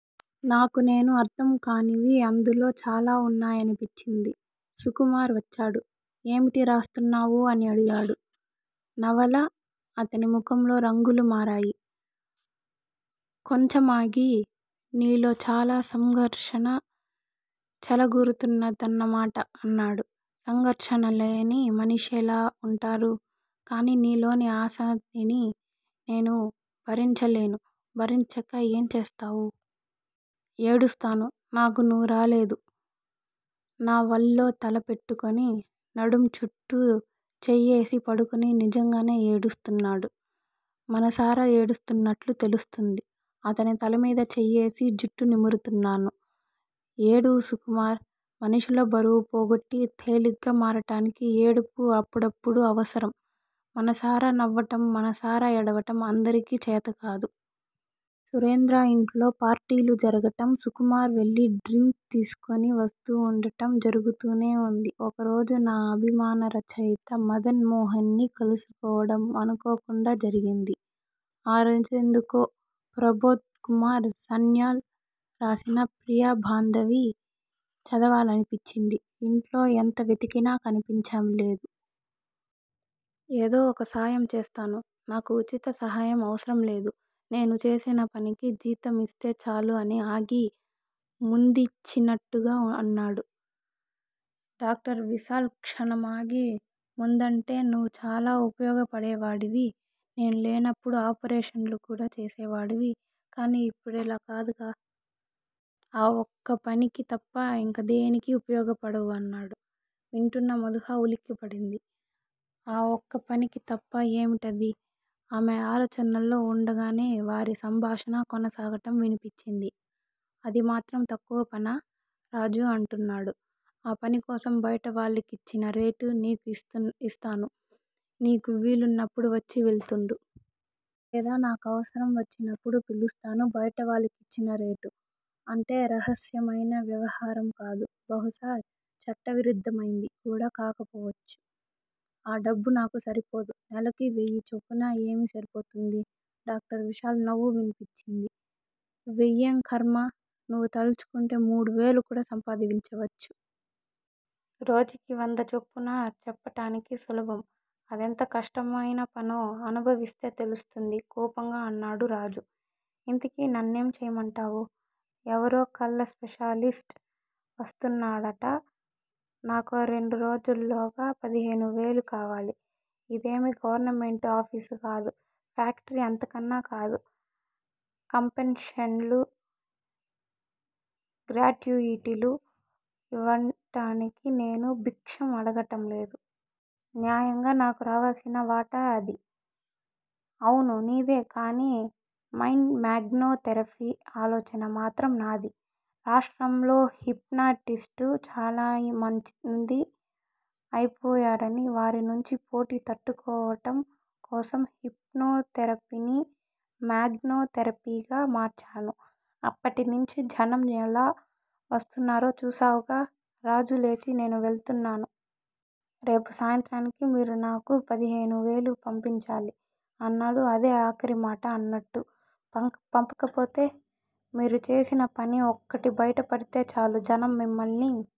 నాకు నేను అర్థం కానివి అందులో చాలా ఉన్నాయనిపించింది. సుకుమార్ వచ్చాడు. ఏమిటి రాస్తున్నావు? అనడిగాడు. 'నవల' అతని ముఖంలో రంగులు మారాయి. కొంచమాగి నీలో చాలా సంఘర్షణ చెలగుతున్నదన్నమాట అన్నాడు. సంఘర్షణలేని మనిషెలా ఉంటారు? కాని నీలోని అశాంతిని నేను భరించలేను. భరించక ఏం చేస్తావు? ఏడుస్తాను నాకు నవ్వు రాలేదు. నా వళ్ళో తల పెట్టుకుని నడుం చుట్టూ చెయ్యేసి పడుకుని నిజంగానే ఏడుస్తున్నాడు. మనసారా ఏడుస్తున్నట్లు తెలుస్తుంది. అతని తలమీద చెయ్యేసి జుట్టు నిమురుతున్నాను. ఏడువు సుకుమార్. మనిషిలో బరువు పోగొట్టి తేలిగ్గా మారటానికి ఏడుపు అప్పుడప్పుడు అవసరం. మనసారా నవ్వటం, మనసారా ఏడవటం అందరికీ చేతకాదు. సురేంద్ర ఇంట్లో పార్టీలు జరగటం, సుకుమార్ వెళ్ళి డ్రింక్ తీసుకుని వస్తూ ఉండటం జరుగుతూనే ఉంది. ఒకరోజు నా అభిమాన రచయిత మదన్ మోహన్ ని కలుసుకోవడం అనుకోకుండా జరిగింది. ఆ రోజెందుకో ప్రభోద్ కుమార్ సన్యాల్ రాసిన ప్రియ బాంధవి చదవాలనిపించింది. ఇంట్లో ఎంత వెతికినా కనిపించలేదు. ఏదో ఒకసాయం చేస్తాను. నాకు ఉచిత సహాయం అవసరం లేదు. నేను చేసినపనికి జీతం ఇస్తే చాలు అని ఆగి, ముందిచ్చినట్టుగా అన్నాడు. డాక్టర్ విశాల్ క్షణం ఆగి, ముందంటే నువ్వు చాలా ఉపయోగపడేవాడివి. నేను లేనప్పుడు ఆపరేషన్లు కూడా చేసేవాడివి. కానీ ఇప్పుడిలా కాదుగా. ఆ ఒక్కపనికి తప్ప ఇంకదేనికీ ఉపయోగపడవు అన్నాడు. వింటూన్న మధూహ ఉలిక్కిపడింది. ఆ ఒక్కపనికి తప్ప! ఏమిటది? ఆమె ఆలోచనల్లో వుండగానే వారి సంభాషణ కొనసాగటం వినిపించింది. అది మాత్రం తక్కువ పనా? రాజు అంటున్నాడు. ఆ పనికోసం బయటవాళ్ళకిచ్చిన రేటు నీకూ ఇస్తాను. నీకు వీలున్నప్పుడు వచ్చి వెళ్తుండు. లేదా నాకవసరం వచ్చినప్పుడు పిలిపిస్తాను బయటవాళ్ళకిచ్చిన రేటు. అంటే రహస్యమైన వ్యవహారం కాదు. బహుశ చట్టవిరుద్ధమైంది. కూడా కాకపోవచ్చు. ఆ డబ్బు నాకు సరిపోదు. నెలకి వెయ్యి చొప్పున ఏమి సరిపోతుంది? డాక్టర్ విశాల్ నవ్వు వినిపించింది. వెయ్యేం ఖర్మ? నువ్వు తల్చుకుంటే మూడువేలు కూడా సంపాదించవచ్చు. రోజుకి వంద చొప్పున. చెప్పటానికి సులభం. అదెంత కష్టమైనపనో అనుభవిస్తే తెలుస్తుంది కోపంగా అన్నాడు రాజు. ఇంతకీ నన్నేం చెయ్యమంటావు? ఎవరో కళ్ళ స్పెషలిస్ట్ వస్తున్నాడట. నాకో రెండురోజుల్లోగ పదిహేను వేలు కావాలి. ఇదేమీ గవర్నమెంటు ఆఫీసు కాదు. ఫ్యాక్టరీ అంతకన్నా కాదు, కంపన్సేషన్లూ, గ్రాట్యుయిటీలు ఇవ్వటానికి నేను భిక్షం అడగటంలేదు. న్యాయంగా నాకు రావలసిన వాటా అది. అవును. నీదే. కానీ మైండ్ మాగ్నో థెరపీ ఆలోచన మాత్రం నాది! రాష్ట్రంలో హిప్నాటిస్టు చాలామంది అయిపోయారనీ, వారినుంచి పోటీ తట్టుకోవటం కోసం హిప్నో థెరపీని, మాగ్నో థెరపీగా మార్చాను. అప్పటినుంచీ జనం ఎలా వస్తున్నారో చూసావుగా రాజులేచి, నేను వెళ్తూన్నాను. రేపు సాయంత్రానికి మీరు నాకు పదిహేను వేలు పంపించాలి అన్నాడు అదే ఆఖరి మాట అన్నట్టు. పంపకపోతే? మీరు చేసిన పని 'ఒక్కటి' బయటపడితే చాలు. జనం మిమ్మల్ని